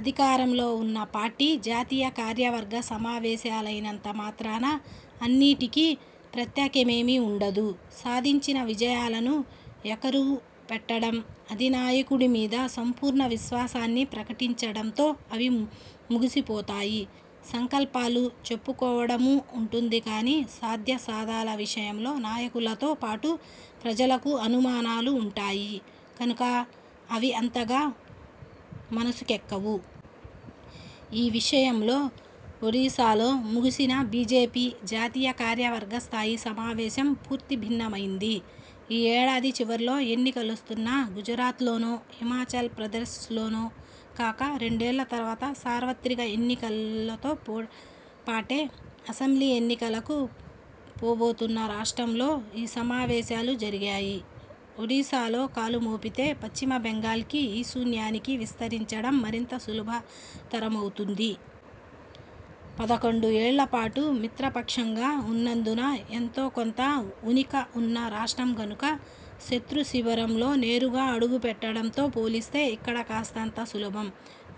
అధికారంలో ఉన్న పార్టీ జాతీయ కార్యవర్గ సమావేశాలైనంత మాత్రాన అన్నిటికీ ప్రత్యేకమేమీ ఉండదు. సాధించిన విజయాలను ఏకరువుపెట్టడం, అధినాయకుడి మీద సంపూర్ణ విశ్వాసాన్ని ప్రకటించడంతో అవి ముగిసిపోతాయి. సంకల్పాలు చెప్పుకోవడమూ ఉంటుంది కానీ, సాధ్యాసాదాల విషయంలో నాయకులతో పాటు ప్రజలకూ అనుమానాలు ఉంటాయి కనుక అవి అంతగా మనసుకెక్కవు. ఈ విషయంలో ఒడిశాలో ముగిసిన బీజేపీ జాతీయ కార్యవర్గ స్థాయి సమావేశం పూర్తి భిన్నమైంది. ఈ ఏడాది చివర్లో ఎన్నికలొస్తున్న గుజరాత్లోనో, హిమాచల్ ప్రదేశ్లోనో కాక, రెండేళ్ళ తరువాత సార్వత్రిక ఎన్నికలతో పాటే అసెంబ్లీ ఎన్నికలకు పోబోతున్న రాష్ట్రంలో ఈ సమావేశాలు జరిగాయి. ఒడిశాలో కాలుమోపితే పశ్చిమబెంగాల్కీ, ఈశూన్యానికీ విస్తరించడం మరింత సులభతరమవుతుంది. పదకొండు ఏళ్ళపాటు మిత్రపక్షంగా ఉన్నందున ఎంతోకొంత ఊనిక వున్న రాష్ట్రం కనుక, శత్రు శిబిరంలో నేరుగా అడుగుపెట్టడంతో పోలిస్తే ఇక్కడ కాస్తంత సులభం.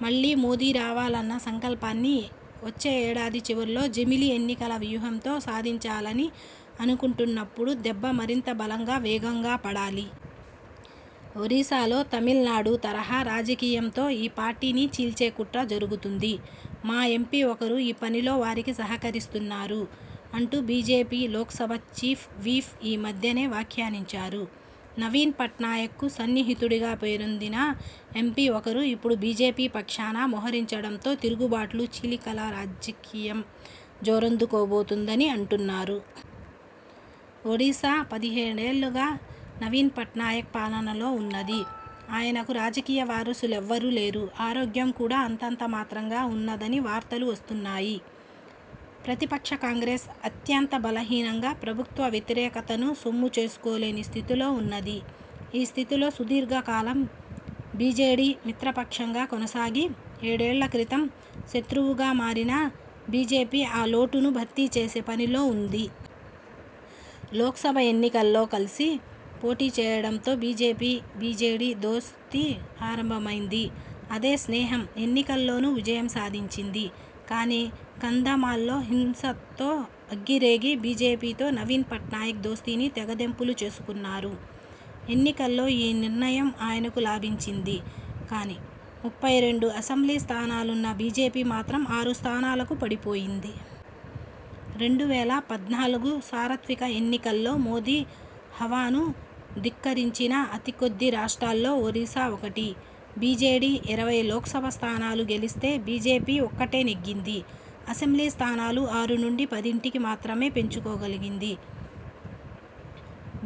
మళ్ళీ మోదీ రావాలన్న సంకల్పాన్ని వచ్చే ఏడాది చివర్లో జమిలి ఎన్నికల వ్యూహంతో సాధించాలని అనుకుంటున్నప్పుడు దెబ్బ మరింత బలంగా వేగంగా పడాలి. 'ఒడిశాలో తమిళనాడు తరహా రాజకీయంతో ఈ పార్టీని చీల్చే కుట్ర జరుగుతుంది. మా ఎంపీ ఒకరు ఈ పనిలో వారికి సహకరిస్తున్నారు' అంటూ బీజేపి లోక్సభ చీఫ్ విప్ ఈ మధ్యనే వ్యాఖ్యానించారు. నవీన్ పట్నాయక్కు సన్నిహితుడిగా పేరొందిన ఎంపీ ఒకరు ఇపుడు బీజేపీ పక్షాన మోహరించడంతో తిరుగుబాట్లు, చీలికల రాజకీయం జోరందుకోబోతున్నదని అంటున్నారు. ఒడిశా పదిహేడేళ్ళుగా నవీన్పట్నాయక్ పాలనలో ఉన్నది. ఆయనకు రాజకీయ వారసులెవరూ లేరు. ఆరోగ్యం కూడా అంతంతమాత్రంగా ఉన్నదని వార్తలు వస్తున్నాయి. ప్రతిపక్ష కాంగ్రెస్ అత్యంత బలహీనంగా ప్రభుత్వ వ్యతిరేకతను సొమ్ముచేసుకోలేని స్థితిలో ఉన్నది. ఈ స్థితిలో సుదీర్ఘకాలం బీజేడీ మిత్రపక్షంగా కొనసాగి, ఏడేళ్ళక్రితం శత్రువుగా మారిన బీజేపీ ఆ లోటును భర్తీచేసే పనిలో ఉంది. లోక్సభ ఎన్నికల్లో కలసి పోటీచేయడంతో బీజేపీ–బీజేడీ దోస్తీ ఆరంభమైంది. అదే స్నేహం ఎన్నికల్లోనూ విజయం సాధించింది. కానీ కాంధమాల్ హింసతో అగ్గిరేగి బీజేపీతో నవీన్ పట్నాయక్ దోస్తీని తెగతెంపులు చేసుకున్నారు. ఎన్నికల్లో ఈ నిర్ణయం ఆయనకు లాభించింది కానీ, ముప్పై రెండు అసెంబ్లీ స్థానాలున్న బీజేపీ మాత్రం ఆరు స్థానాలకు పడిపోయింది. రెండు వేల పద్నాలుగుసార్వత్రిక ఎన్నికల్లో మోదీ హవాను ధిక్కరించిన అతికొద్ది రాష్ట్రాల్లో ఒడిశా ఒకటి. బీజేడీ ఇరవై లోక్సభ స్థానాలు గెలిస్తే, బీజేపీ ఒక్కటే నెగ్గింది. అసెంబ్లీ స్థానాలు ఆరునుంచి పదింటికి మాత్రమే పెంచుకోగలిగింది.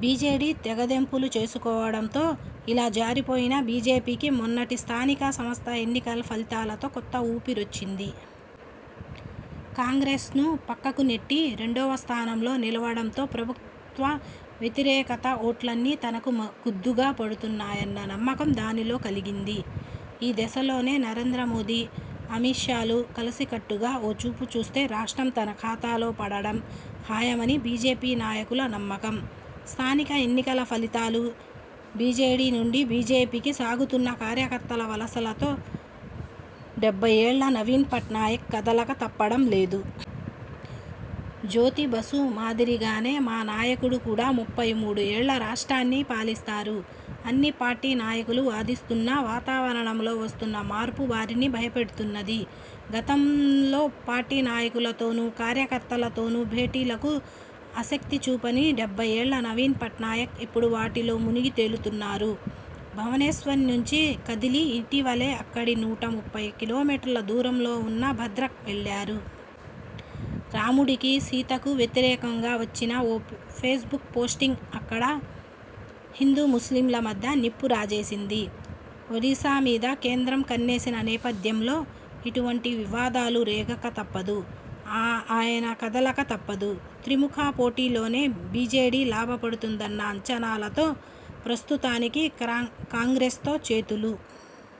బీజేడీ తెగతెంపులు చేసుకోవడంతో ఇలా జారిపోయిన బీజేపీకి మొన్నటి స్థానిక సంస్థల ఎన్నికల ఫలితాలతో కొత్త ఊపిరొచ్చింది. కాంగ్రెస్ను పక్కకు నెట్టి రెండవస్థానంలో నిలవడంతో ప్రభుత్వ వ్యతిరేకత ఓట్లన్నీ తనకు కుద్దుగా పడుతున్నాయన్న నమ్మకం దానిలో కలిగింది. ఈ దశలోనే నరేంద్రమోదీ–అమిత్ షాలు కలసికట్టుగా ఓ చూపుచూస్తే రాష్ట్రం తమ ఖాతాలో పడటం ఖాయమని బీజేపీ నాయకుల నమ్మకం. స్థానిక ఎన్నికల ఫలితాలు, బీజేడీ నుంచి బీజేపీకి సాగుతున్న కార్యకర్తల వలసలతో డెబ్బయ్యేళ్ళ నవీన్ పట్నాయక్ కదలక తప్పడం లేదు. 'జ్యోతిబసు మాదిరిగానే మా నాయకుడు కూడా ముప్పై మూడు ఏళ్ళు రాష్ట్రాన్ని పాలిస్తారు' అన్ని పార్టీ నాయకులు వాదిస్తున్నా వాతావరణంలో వస్తున్న మార్పు వారిని భయపెడుతున్నది. గతంలో పార్టీ నాయకులతోనూ, కార్యకర్తలతోనూ భేటీలకు ఆసక్తి చూపని డెబ్బయ్యేళ్ళ నవీన్ పట్నాయక్ ఇప్పుడు వాటిలో మునిగితేలుతున్నారు. భవనేశ్వర్నుంచి కదిలి ఇటీవలే అక్కడి నూట ముప్పై కిలోమీటర్ల దూరంలో ఉన్న బద్రక్ వెళ్ళారు. రాముడికీ సీతకూ వ్యతిరేకంగా వచ్చిన ఓ ఫేస్బుక్ పోస్టింగ్ అక్కడ హిందూ ముస్లింల మధ్య నిప్పు రాజేసింది. ఒడిశా మీద కేంద్రం కన్నేసిన నేపథ్యంలో, ఇటువంటి వివాదాలు రేగకా తప్పదు, ఆయన కదలకా తప్పదు. త్రిముఖ పోటీలోనే బీజేడీ లాభపడుతుందన్న అంచనాలతో ప్రస్తుతానికి కాంగ్రెస్తో చేతులు